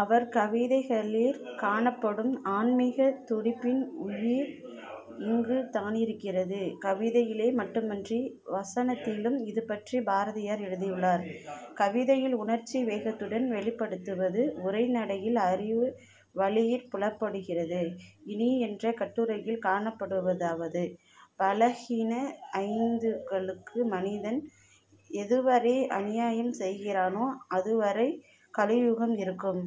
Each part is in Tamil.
அவர் கவிதைகளிற் காணப்படும் ஆன்மீகத் துடிப்பின் உயிர் இங்குதானிருக்கிறது. கவிதையிலே மட்டுமன்றி வசனத்திலும் இதுபற்றிப் பாரதியார் எழுதியுள்ளார். கவிதையில் உணர்ச்சி வேகத்துடன் வௌிப்படுத்துவது உரை நடையில் அறிவு வழியிற் புலப்படுகிறது. இனி என்ற கட்டுரையில் காணப்படுவதாவது: "பலஹீன ஐந்துக்களுக்கு மனிதன் எதுவரை அநியாயம் செய்கிறானோ அதுவரை கலியுகம் இருக்கும்.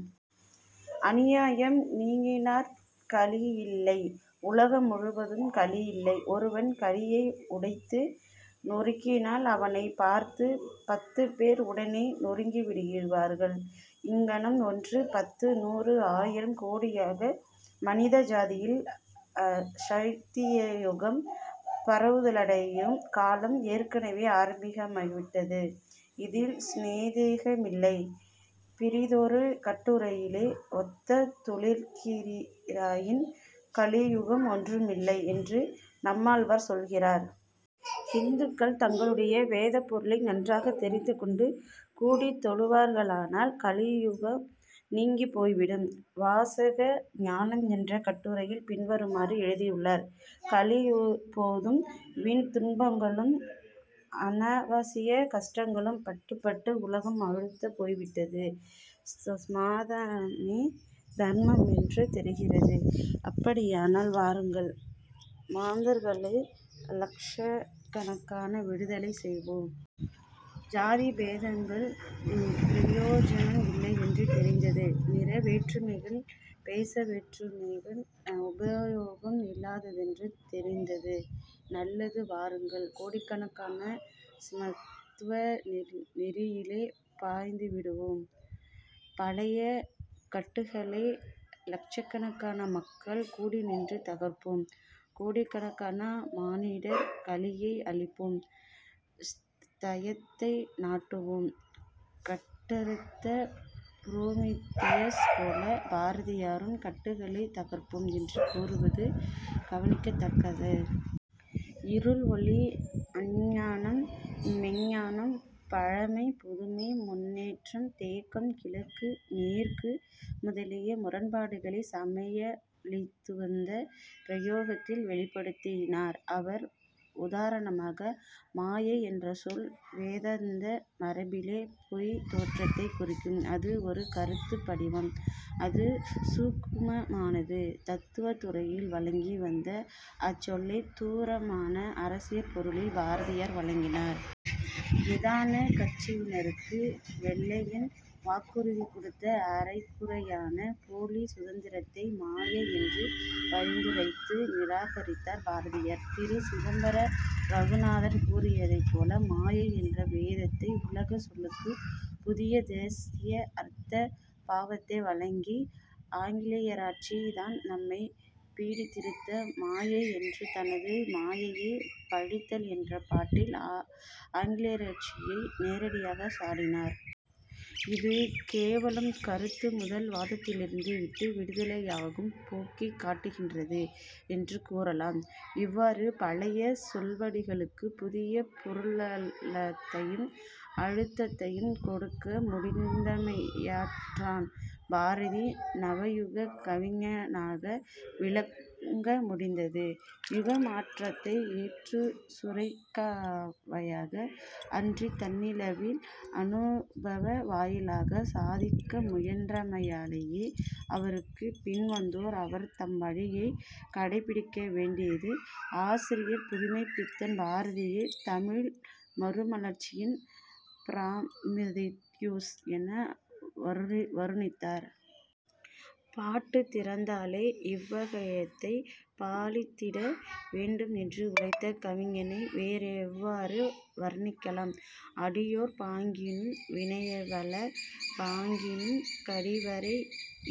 அநியாயம் நீங்கினாற் கலியில்லை; உலகம் முழுவதும் கலியில்லை- ஒருவன் கலியை உடைத்து நொறுக்கினால், அவனைப் பார்த்துப் பத்துப்பேர் உடனே நொறுக்கிவிடுவார்கள். இங்ஙனம் ஒன்று, பத்து, நூறு, ஆயிரம், கோடியாக; மனித ஜாதியில் ஸத்யயுகம் பரவுதலடையும் காலம் ஏற்கெனவே ஆரம்பமாகிவிட்டது. இதில் ஸந்தேகமில்லை" பிறிதொரு கட்டுரையிலே, "ஒக்கத் தொழுகிற்றிராயின், கலியுகம் ஒன்று மில்லை" என்று நம்மாழ்வார் சொல்கிறார். ஹிந்துக்கள் தங்களுடைய வேதப் பொருளை நன்றாகத் தெரிந்துகொண்டு கூடித் தொழுவார்களானால், கலியும் நீங்கிப் போய்விடும். " வாசக ஞானம் என்ற கட்டுரையிற் பின்வருமாறு எழுதியுள்ளார்: "கலி போதும்; வீண் துன்பங்களும் அநாவசியக் கஷ்டங்களும் பட்டுப் பட்டு உலகம் அலுத்துப் போய்விட்டது- ஸமத்வமே தர்மமென்று தெரிகிறதா? அப்படியானால் வாருங்கள்: மாந்தர்களை லக்ஷக்கணக்காக விடுதலை செய்வோம். ஜாதி பேதங்கள் பிரயோஜனம் இல்லை என்று தெரிந்ததா? நிற வேற்றுமைகளும் தேச வேற்றுமைகளும் உபயோகம் இல்லாததென்று தெரிந்ததா? நல்லது வாருங்கள். கோடிக்கணக்காக, ஸமத்வ நெறியிலே பாய்ந்துவிடுவோம். பழைய கட்டுகளை லக்ஷக்கணக்கான மக்கள் கூடிநின்று தகர்ப்போம்:... கோடிக்காணக்கான மானிடர்... கலியை அழிப்போம். ஸத்யத்தை நாட்டுவோம்" கட்டறுத்த புரோமித்தியஸ் போல பாரதியாரும் "கட்டுக்களைத் தகர்ப்போம்" என்று கூறுவது கவனிக்கத்தக்கது. இருள்-ஒளி, அஞ்ஞானம் மெய்ஞ்ஞானம், பழமை-புதுமை, முன்னேற்றம்-தேக்கம், கிழக்கு-மேற்கு, முதலாய முரண்பாடுகளைச் சமய ழிவந்த பிரயோகங்களில் வௌிப்படுத்தினார் அவர். உதாரணமாக மாயை என்ற சொல் வேதாந்த மரபிலே பொய்த் தோற்றத்தைக் குறிக்கும்; அது ஒரு கருத்துப் படிவம்; அது சூக்குமமானது. தத்துவத் துறையில் வழங்கி வந்த அச் சொல்லைத் தூரமான அரசியற் பொருளில் பாரதியார் வழங்கினார். நிதானக் கட்சியினருக்கு வெள்ளையன் வாக்குறுதி கொடுத்த அரைகுறையான போலிச் சுதந்தரத்தை மாயை என்று பரித்துரைத்து நிராகரித்தார் பாரதியார். திரு. சிதம்பர ரகுநாதன் கூறியுள்ளதைப் போல, "மாயை என்ற வேதாந்த உலகச் சொல்லுக்கு, புதிய தேசிய அர்த்த பாவத்தை வழங்கி, ஆங்கிலேயராட்சி தான் நம்மைப் பீடித்திருந்த மாயை" என்று தனது மாயையைப் பழித்தல் என்ற பாட்டில் ஆங்கிலேயராட்சியை நேரடியாகவே சாடினார். இது கேவலம் கருத்து முதல் வாதத்திலிருந்து விட்டு விடுதலையாகும் போக்கைக் காட்டுகின்றது என்று கூறலாம். இவ்வாறு பழைய சொல்வடிவங்களுக்குப் புதிய பொருளாழத்தையும் அழுத்தத்தையும் கொடுக்க முடிந்தமையாற்றான் பாரதி நவயுகக் கவிஞனாக விளங்க முடிந்தது. யுக மாற்றத்தை ஏட்டுச்சுரைக்காயாக அன்றித் தன்னளவில் அநுபவ வாயிலாகச் சாதிக்க முயன்றமையாலேயே அவருக்குப் பின் வந்தோர் அவர் தம் வழியைக் கடைப்பிடிக்க வேண்டியது ஆசிரியர் புதுமைப்பித்தன் பாரதியைத் "தமிழ் மறுமலர்ச்சியின் பிராமதித்தியூஸ்" என வருணித்தார். 'பாட்டுத் திறத்தாலே இவ்கையத்தைப் பாலித்திட வேண்டும்' என்று உழைத்த கவிஞனை வேறெவ்வாறு வருணிக்கலாம்? "அடியோர் பாங்கினும் வினைவலர் பாங்கினும் கடிவரை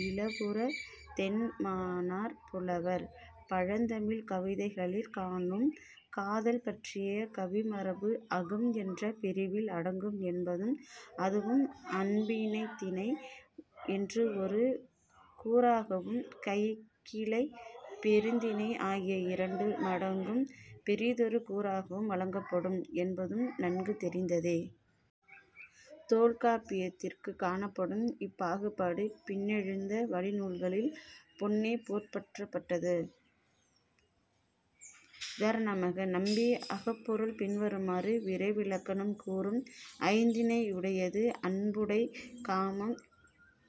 இலபுறத் தென்மனார்புலவர்" பழந் தமிழ்க் கவிதைகளிற் காணும் காதல் பற்றிய கவிமரபு அகம் என்ற பிரிவில் அடங்கும் என்பதும், அதுவும் அன்பினைந்திணை என்று ஒரு கூறாகவும் கைக்கிளை பெருந்திணை ஆகிய இரண்டு மடங்கும் பிறிதொரு கூறாகவும் வகுக்கப்படும் என்பதும் நன்கு தெரிந்ததே. தொல்காப்பியத்திற் காணப்படும் இப்பாகுபாடு பின்னெழுந்த வழிநூல்களில் பொன்னே போற் போற்றப்பட்டுள்ளது. உதாரணமாக, நம்பி அகப்பொருள் பின்வருமாறு விரைவிலக்கணம் கூறும்: "ஐந்திணை யுடையது அன்புடைக் காமம்"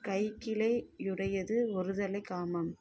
"கைக்கிளை யுடையது ஒருதலைக் காமம்"